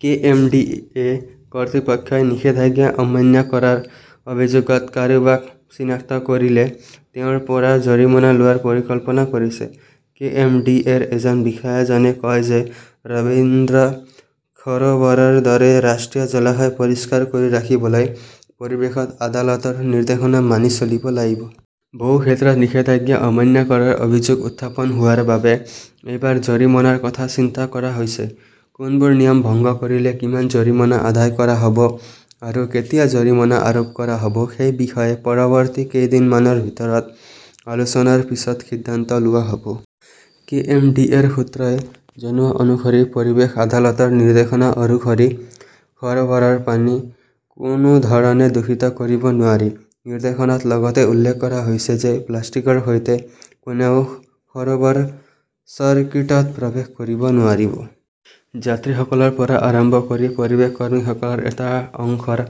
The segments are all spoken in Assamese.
কে. এম. ডি. এ. কৰ্তৃপক্ষই নিষেধাজ্ঞা অমান্য কৰাৰ অভিযোগত কাৰোবাক চিনাক্ত কৰিলে তেওঁৰ পৰা জৰিমনা লোৱাৰ পৰিকল্পনা কৰিছে। কে. এম. ডি. এ. ৰ এজন বিষয়াজনে কয় যে ৰবীন্দ্ৰ সৰোবৰৰ দৰে ৰাষ্ট্ৰীয় জলাশয় পৰিষ্কাৰ কৰি ৰাখিবলৈ পৰিৱেশত আদালতৰ নিৰ্দেশনা মানি চলিব লাগিব। বহু ক্ষেত্ৰত নিষেধাজ্ঞা অমান্য কৰাৰ অভিযোগ উত্থাপন হোৱাৰ বাবে এইবাৰ জৰিমনাৰ কথা চিন্তা কৰা হৈছে। কোনবোৰ নিয়ম ভংগ কৰিলে কিমান জৰিমনা আদায় কৰা হ'ব আৰু কেতিয়া জৰিমনা আৰোপ কৰা হ'ব সেই বিষয়ে পৰৱৰ্তী কেইদিনমানৰ ভিতৰত আলোচনাৰ পিছত সিদ্ধান্ত লোৱা হ'ব। কে. এম. ডি. এ. ৰ সূত্ৰই জনোৱা অনুসৰি পৰিৱেশ আদালতৰ নিৰ্দেশনা অনুসৰি সৰোবৰৰ পানী কোনো ধৰণে দূষিত কৰিব নোৱাৰি। নিৰ্দেশনাত লগতে উল্লেখ কৰা হৈছে যে প্লাষ্টিকৰ সৈতে কোনেও সৰোবৰ চাৰ্কিটত প্ৰৱেশ কৰিব নোৱাৰিব। যাত্ৰীসকলৰ পৰা আৰম্ভ কৰি পৰিৱেশ কৰ্মীসকলৰ এটা অংশৰ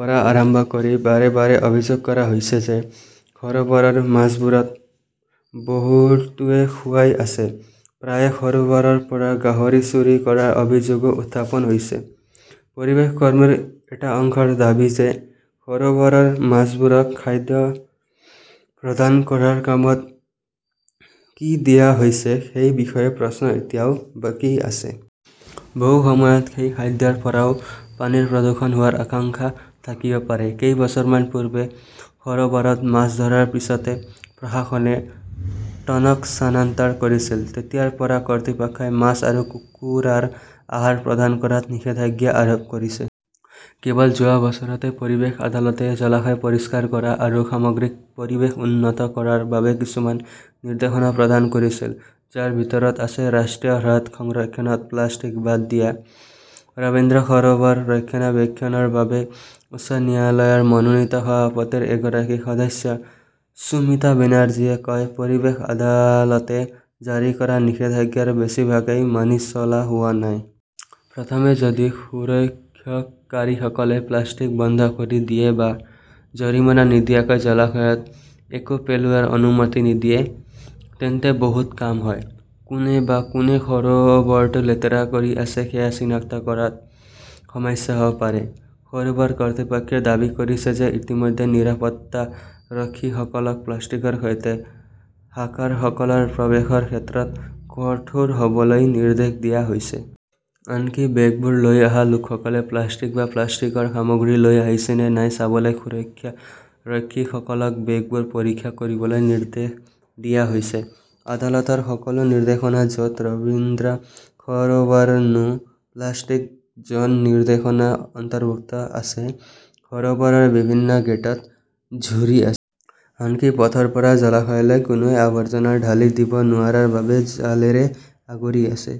পৰা আৰম্ভ কৰি বাৰে বাৰে অভিযোগ কৰা হৈছে যে সৰোবৰৰ মাছবোৰক বহুতোৱে খুৱাই আছে। প্ৰায়ে সৰোবৰৰ পৰা গাহৰি চুৰি কৰাৰ অভিযোগও উত্থাপন হৈছে। পৰিৱেশ কৰ্মীৰ এটা অংশৰ দাবী যে সৰোবৰৰ মাছবোৰক খাদ্য প্ৰদান কৰাৰ নামত কি দিয়া হৈছে সেই বিষয়ে প্ৰশ্ন এতিয়াও বাকী আছে। বহু সময়ত সেই খাদ্যৰ পৰাও পানীৰ প্ৰদূষণ হোৱাৰ আশংকা থাকিব পাৰে। কেইবছৰমান পূৰ্বে সৰোবৰত মাছ ধৰাৰ পিছতে প্ৰশাসনে টনক স্থানান্তৰ কৰিছিল। তেতিয়াৰ পৰা কৰ্তৃপক্ষই মাছ আৰু কুকুৰাৰ আহাৰ প্ৰদান কৰাত নিষেধাজ্ঞা আৰোপ কৰিছে। কেৱল যোৱা বছৰতে পৰিৱেশ আদালতে জলাশয় পৰিষ্কাৰ কৰা আৰু সামগ্ৰিক পৰিৱেশ উন্নত কৰাৰ বাবে কিছুমান নিৰ্দেশনা প্ৰদান কৰিছিল, যাৰ ভিতৰত আছে ৰাষ্ট্ৰীয় হ্ৰদ সংৰক্ষণত প্লাষ্টিক বাদ দিয়া। ৰবীন্দ্ৰ সৰোবৰ ৰক্ষণাবেক্ষণৰ বাবে উচ্চ ন্যায়ালয়ৰ মনোনীত সমিতিৰ এগৰাকী সদস্য সুমিতা বেনাৰ্জীয়ে কয়, পৰিৱেশ আদালতে জাৰি কৰা নিষেধাজ্ঞাৰ বেছিভাগই মানি চলা হোৱা নাই। প্ৰথমে যদি সুৰক্ষকাৰীসকলে প্লাষ্টিক বন্ধ কৰি দিয়ে বা জৰিমনা নিদিয়াকৈ জলাশয়ত একো পেলোৱাৰ অনুমতি নিদিয়ে, তেন্তে বহুত কাম হয়। কোনে বা কোনে সৰোবৰটো লেতেৰা কৰি আছে সেয়া চিনাক্ত কৰাত সমস্যা হ'ব পাৰে। সৰুবৰ কৰ্তৃপক্ষই দাবী কৰিছে যে ইতিমধ্যে নিৰাপত্তাৰক্ষীসকলক প্লাষ্টিকৰ সৈতে হাকাৰসকলৰ প্ৰৱেশৰ ক্ষেত্ৰত কঠোৰ হ'বলৈ নিৰ্দেশ দিয়া হৈছে। আনকি বেগবোৰ লৈ অহা লোকসকলে প্লাষ্টিক বা প্লাষ্টিকৰ সামগ্ৰী লৈ আহিছে নে নাই চাবলৈ সুৰক্ষাৰক্ষীসকলক বেগবোৰ পৰীক্ষা কৰিবলৈ নিৰ্দেশ দিয়া হৈছে। আদালতৰ সকলো নিৰ্দেশনা, য'ত ৰবীন্দ্ৰ সৰোবৰ নো প্লাষ্টিক জন নিৰ্দেশনা অন্তৰ্ভুক্ত আছে, সৰোবৰৰ বিভিন্ন গেটত ঝুৰি আছে। আনকি পথৰ পৰা জলাশয়লৈ কোনোৱে আৱৰ্জনা ঢালি দিব নোৱাৰাৰ বাবে জালৰে আগুৰি আছে।